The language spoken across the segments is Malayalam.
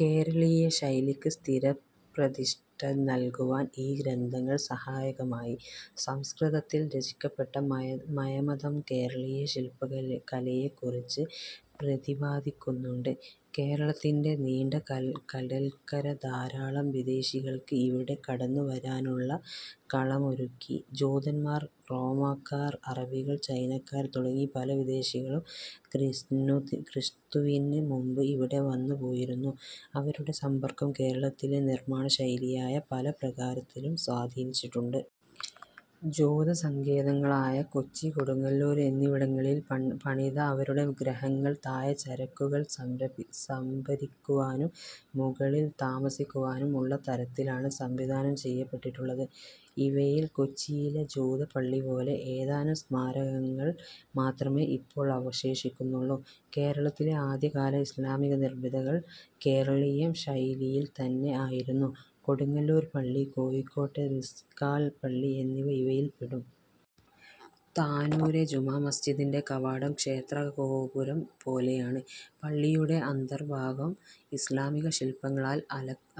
കേരളീയ ശൈലിക്ക് സ്ഥിരപ്രതിഷ്ഠ നല്കുവാൻ ഈ ഗ്രന്ഥങ്ങൾ സഹായകമായി. സംസ്കൃതത്തിൽ രചിക്കപ്പെട്ട മയമതം കേരളീയ ശില്പകലയെക്കുറിച്ച് പ്രതിപാദിക്കുന്നുണ്ട്. കേരളത്തിന്റെ നീണ്ട കടൽക്കര ധാരാളം വിദേശികൾക്ക് ഇവിടെ കടന്നുവരാനുള്ള കളമൊരുക്കി. ജൂതന്മാർ, റോമാക്കാർ, അറബികൾ, ചൈനക്കാർ തുടങ്ങി പല വിദേശികളും ക്രിസ്തുവിന് മുമ്പ് ഇവിടെ വന്നുപോയിരുന്നു. അവരുടെ സമ്പർക്കം കേരളത്തിലെ നിർമ്മാണശൈലിയെ പല പ്രകാരത്തിലും സ്വാധീനിച്ചിട്ടുണ്ട്. ജൂതസങ്കേതങ്ങളായ കൊച്ചി, കൊടുങ്ങല്ലൂർ എന്നിവിടങ്ങളിൽ പണിത അവരുടെ ഗൃഹങ്ങൾ താഴെ ചരക്കുകൾ സംഭരിക്കുവാനും മുകളിൽ താമസിക്കുവാനും ഉള്ള തരത്തിലാണ് സംവിധാനം ചെയ്യപ്പെട്ടിട്ടുള്ളത്. ഇവയിൽ കൊച്ചിയിലെ ജൂതപ്പള്ളിപോലെ ഏതാനും സ്മാരകങ്ങൾ മാത്രമേ ഇപ്പോൾ അവശേഷിക്കുന്നുള്ളൂ. കേരളത്തിലെ ആദ്യകാല ഇസ്ലാമിക നിർമിതികൾ കേരളീയ ശൈലിയിൽത്തന്നെ ആയിരുന്നു. കൊടുങ്ങല്ലൂർ പള്ളി, കോഴിക്കോട്ടെ മിസ്കാൽ പള്ളി എന്നിവ ഇവയിൽപ്പെടും. താനൂരെ ജുമാ മസ്ജിദിന്റെ കവാടം ക്ഷേത്രഗോപുരം പോലെയാണ്. പള്ളിയുടെ അന്തർഭാഗം ഇസ്ലാമിക ശില്പങ്ങളാൽ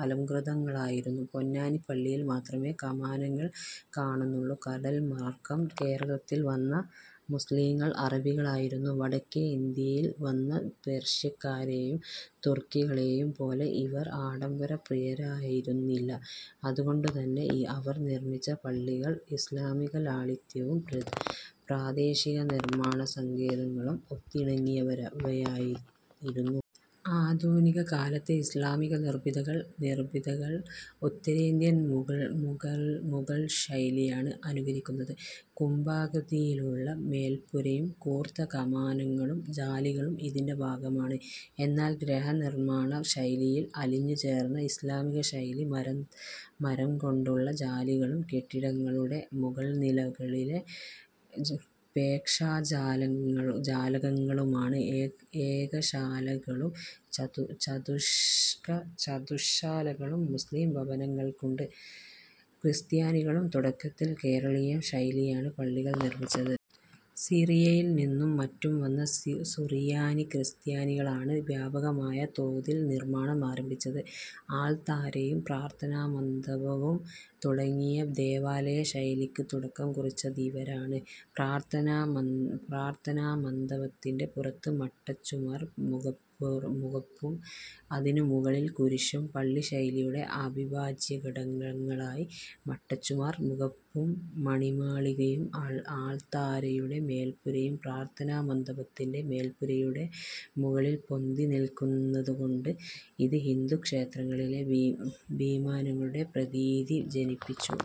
അലംകൃതങ്ങളായിരുന്നു. പൊന്നാനി പള്ളിയിൽ മാത്രമേ കമാനങ്ങൾ കാണുന്നുള്ളൂ. കടൽമാർഗ്ഗം കേരളത്തിൽവന്ന മുസ്ലീങ്ങൾ അറബികളായിരുന്നു. വടക്കേ ഇന്ത്യയിൽ വന്ന പേർഷ്യക്കാരേയും തുർക്കികളേയുംപോലെ ഇവർ ആഡംബര പ്രിയരായിരുന്നില്ല. അതുകൊണ്ടുതന്നെ അവർ നിർമിച്ച പള്ളികൾ ഇസ്ലാമിക ലാളിത്യവും പ്രാദേശിക നിർമ്മാണസങ്കേതങ്ങളും ഒത്തിണങ്ങിയവയായിരുന്നു. ആധുനിക കാലത്തെ ഇസ്ലാമിക നിർമിതികൾ ഉത്തരേന്ത്യൻ മുഗൾശൈലിയാണ് അനുകരിക്കുന്നത്. കുംഭാകൃതിയിലുള്ള മേൽപ്പുരയും കൂർത്ത കമാനങ്ങളും ജാലികളും ഇതിന്റെ ഭാഗമാണ്. എന്നാൽ ഗൃഹനിർമ്മാണ ശൈലിയിൽ അലിഞ്ഞുചേർന്ന ഇസ്ലാമിക ശൈലി മരംകൊണ്ടുള്ള ജാലികളും കെട്ടിടങ്ങളുടെ മുകൾനിലകളിലെ പ്രേക്ഷാജാലകങ്ങളുമാണ്. ഏകശാലകളും ചതുശ്ശാലകളും മുസ്ലീം ഭവനങ്ങൾക്കുണ്ട്. ക്രിസ്ത്യാനികളും തുടക്കത്തിൽ കേരളീയ ശൈലിയിലാണ് പള്ളികൾ നിർമിച്ചത്. സിറിയയിൽ നിന്നും മറ്റും വന്ന സുറിയാനി ക്രിസ്ത്യാനികളാണ് വ്യാപകമായ തോതിൽ നിർമ്മാണം ആരംഭി ച്ചത്. അൾത്താരയും പ്രാർഥനാമണ്ഡപവും അടങ്ങിയ ദേവാലയ ശൈലിക്ക് തുടക്കം കുറിച്ചതിവരാണ്. പ്രാർഥനാമണ്ഡപത്തിന്റെ പുറത്ത് മട്ടച്ചുമർ മുഖപ്പും അതിനു മുകളിൽ കുരിശും പള്ളി ശൈലിയുടെ അവിഭാജ്യഘടകങ്ങളായി. മട്ടച്ചുമർ മുഖപ്പും മണിമാളികയും അൾത്താരയുടെ മേൽപ്പുരയും പ്രാർഥനാ മണ്ഡപത്തിന്റെ മേൽപ്പുരയുടെ മുകളിൽ പൊന്തിനില്ക്കുന്നതുകൊണ്ട് ഇത് ഹിന്ദു ക്ഷേത്രങ്ങളിലെ വിമാനങ്ങളുടെ പ്രതീതി ജനിപ്പിച്ചു.